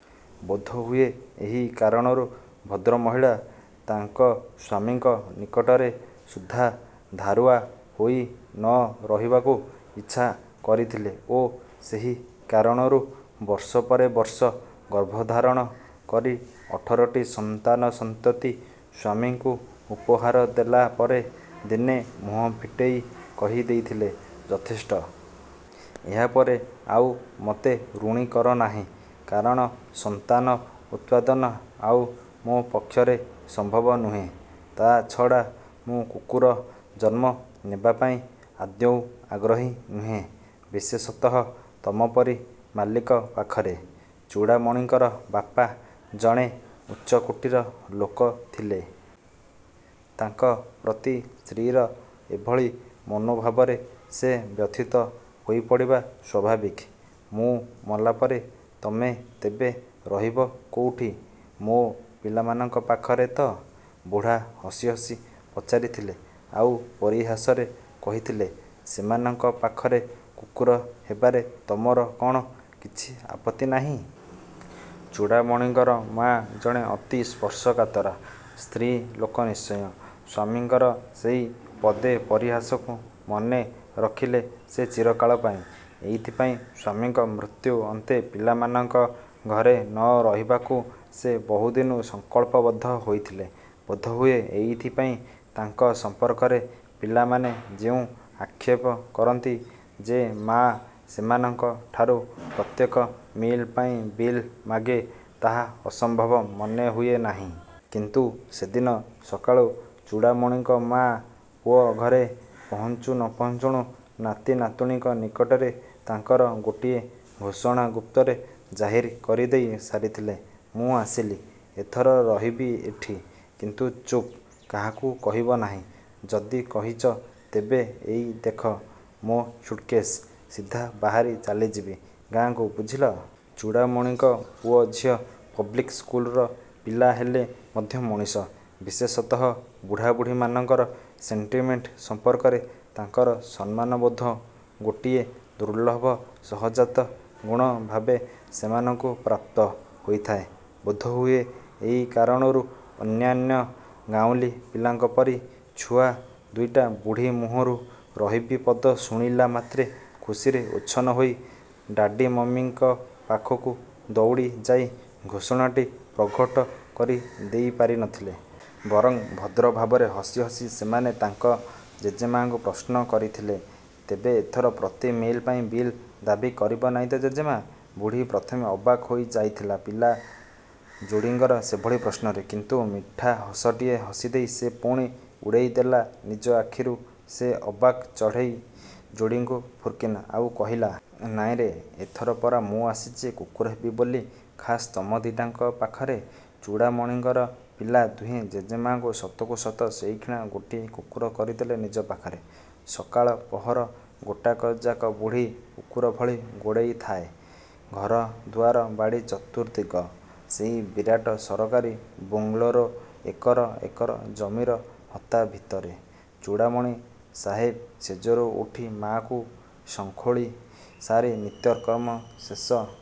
ବୋଧହୁଏ ଏହି କାରଣରୁ ଭଦ୍ରମହିଳା ତାଙ୍କ ସ୍ଵାମୀଙ୍କ ନିକଟରେ ସୁଦ୍ଧା ଧାରୁଆ ହୋଇ ନ ରହିବାକୁ ଇଚ୍ଛା କରିଥିଲେ ଓ ସେହି କାରଣରୁ ବର୍ଷ ପରେ ବର୍ଷ ଗର୍ଭଧାରଣ କରି ଅଠରଟି ସନ୍ତାନ-ସନ୍ତନ୍ତି ସ୍ଵାମୀଙ୍କୁ ଉପହାର ଦେଲା ପରେ ଦିନେ ମୁହଁ ଫିଟେଇ କହି ଦେଇଥିଲେ- ''ଯଥେଷ୍ଟ! ଏହାପରେ ଆଉ ମତେ ଋଣୀ କର ନାହିଁ। କାରଣ ସନ୍ତାନ ଉତ୍ପାଦନ ଆଉ ମୋ ପକ୍ଷରେ ସମ୍ଭବ ନୁହେଁ। ତା ଛଡ଼ା ମୁଁ କୁକୁର ଜନ୍ମ ନେବାପାଇଁ ଆଦୌ ଆଗ୍ରହୀ ନୁହେଁ। ବିଶେଷତଃ ତମପରି ମାଲିକ ପାଖରେ। " ଚୂଡ଼ାମଣିଙ୍କର ବାପା ଜଣେ ଉଚ୍ଚକୋଟୀର ଲୋକ ଥିଲେ। ତାଙ୍କ ପ୍ରତି ସ୍ତ୍ରୀର ଏଭଳି ମନୋଭାବରେ ସେ ବ୍ୟଥିତ ହୋଇପଡ଼ିବା ସ୍ଵାଭାବିକ। 'ମୁଁ ମଲାପରେ ତମେ ତେବେ ରହିବ କୋଉଠି? ମୋ ପିଲାମାନଙ୍କ ପାଖରେ ତ? ", ବୁଢ଼ା ହସିହସି ପଚାରିଥିଲେ ଆଉ ପରିହାସରେ କହିଥିଲେ, ''ସେମାନଙ୍କ ପାଖରେ କୁକୁର ହେବାରେ ତମର କ'ଣ କିଛି ଆପତ୍ତି ନାହିଁ? " ଚୂଡ଼ାମଣିଙ୍କର ମା' ଜଣେ ଅତି ସ୍ପର୍ଶକାତରା ସ୍ତ୍ରୀ ଲୋକ ନିଶ୍ଚୟ। ସ୍ଵାମୀଙ୍କର ସେଇ ପଦେ ପରିହାସକୁ ମନେ ରଖିଲେ ସେ ଚିରକାଳ ପାଇଁ। ଏଇଥିପାଇଁ ସ୍ଵାମୀଙ୍କ ମୃତ୍ୟୁ ଅନ୍ତେ ପିଲାମାନଙ୍କ ଘରେ ନ ରହିବାକୁ ସେ ବହୁ ଦିନୁ ସଂଙ୍କଳ୍ପବଦ୍ଧ ହୋଇଥିଲେ। ବୋଧହୁଏ ଏଇଥିପାଇଁ ତାଙ୍କ ସମ୍ପର୍କରେ ପିଲାମାନେ ଯେଉଁ ଆକ୍ଷେପ କରନ୍ତି, ଯେ ମା' ସେମାନଙ୍କ ଠାରୁ ପ୍ରତ୍ୟେକ ମିଲ୍ ପାଇଁ ବିଲ୍ ମାଗେ ତାହା ଅସମ୍ଭବ ମନେହୁଏ ନାହିଁ। କିନ୍ତୁ ସେଦିନ ସକାଳୁ ଚୂଡ଼ାମଣିଙ୍କ ମା' ପୁଅ ଘରେ ପହଞ୍ଚୁ ନ ପହଞ୍ଚୁଣୁ ନାତି ନାତୁଣୀଙ୍କ ନିକଟରେ ତାଙ୍କର ଗୋଟିଏ ଘୋଷଣା ଗୁପ୍ତରେ ଜାହିର କରିଦେଇ ସାରିଥିଲେ- "ମୁଁ ଆସିଲି। ଏଥର ରହିବି ଏଠି। କିନ୍ତୁ ଚୁପ୍! କାହାକୁ କହିବ ନାଇଁ। ଯଦି କହିଚ-ତେବେ ଏଇ ଦେଖ ମୋ ସୁଟ୍କେଶ୍, ସିଧା ବାହାରି ଚାଲିଯିବି ଗାଁକୁ ବୁଝିଲ? " ଚୂଡ଼ାମଣିଙ୍କ ପୁଅ ଝିଅ ପବ୍ଲିକ୍ ସ୍କୁଲର ପିଲା ହେଲେ ମଧ୍ୟ ମଣିଷ। ବିଶେଷତଃ ବୁଢ଼ାବୁଢ଼ୀମାନଙ୍କର 'ସେଣ୍ଟିମେଣ୍ଟ' ସମ୍ପର୍କରେ ତାଙ୍କର ସମ୍ମାନବୋଧ ଗୋଟିଏ ଦୁର୍ଲଭ ସହଜାତ ଗୁଣ ଭାବେ ସେମାନଙ୍କୁ ପ୍ରାପ୍ତ ହୋଇଥାଏ। ବୋଧହୁଏ ଏଇ କାରଣରୁ ଅନ୍ୟାନ୍ୟ ଗାଉଁଲୀ ପିଲାଙ୍କ ପରି ଛୁଆ ଦୁଇଟା ବୁଢ଼ୀ ମୁହଁରୁ 'ରହିବି' ପଦ ଶୁଣିଲା ମାତ୍ରେ ଖୁସିରେ ଉଚ୍ଛନ୍ନ ହୋଇ ଡାଡ଼ି ମମୀଙ୍କ ପାଖକୁ ଦଉଡ଼ି ଯାଇ ଘୋଷଣାଟି ପ୍ରଘଟ କରି ଦେଇପାରି ନଥିଲେ। ବରଂ ଭଦ୍ର ଭାବରେ ହସି ହସି ସେମାନେ ତାଙ୍କ ଜେଜେମା'ଙ୍କୁ ପ୍ରଶ୍ନ କରିଥିଲେ- "ତେବେ ଏଥର ପ୍ରତି ମିଲ୍ ପାଇଁ ବିଲ୍ ଦାବୀ କରିବ ନାଇଁ ତ ଜେଜେମା'? " ବୁଢ଼ୀ ପ୍ରଥମେ ଅବାକ୍ ହୋଇ ଯାଇଥିଲା ପିଲା ଯୋଡ଼ିଙ୍କର ସେଭଳି ପ୍ରଶ୍ନରେ। କିନ୍ତୁ ମିଠା ହସଟିଏ ହସିଦେଇ ସେ ପୁଣି ଉଡ଼େଇ ଦେଲା ନିଜ ଆଖିରୁ ସେ ଅବାକ୍ ଚଢ଼େଇ ଯୋଡ଼ିଙ୍କୁ ଫୁର୍କିନା, ଆଉ କହିଲା। "ନାଇଁରେ! ଏଥର ପରା ମୁଁ ଆସିଛି କୁକୁର ହେବି ବୋଲି ଖାସ୍ ତମ ଦିଇଟାଙ୍କ ପାଖରେ! " ଚୂଡ଼ାମଣିଙ୍କର ପିଲା ଦୁହେଁ ଜେଜେମା'ଙ୍କୁ ସତକୁସତ ସେଇକ୍ଷିଣା ଗୋଟିଏ କୁକୁର କରିଦେଲେ ନିଜ ପାଖରେ। ସକାଳ ପହର ଗୋଟାକ ଯାକ ବୁଢ଼ୀ କୁକୁର ଭଳି ଗୋଡ଼େଇଥାଏ ଘର ଦୁଆର ବାଡ଼ି ଚତୁର୍ଦ୍ଦିଗ, ସେଇ ବିରାଟ ସରକାରୀ ବୋଂଲୋର ଏକର ଏକର ଜମିର ହତା ଭିତରେ। ଚୂଡ଼ାମଣି ସାହେବ ଶେଯରୁ ଉଠି ମା'କୁ। ସଙ୍ଖୋଳି ସାରି ନିତ୍ୟକର୍ମ ଶେଷ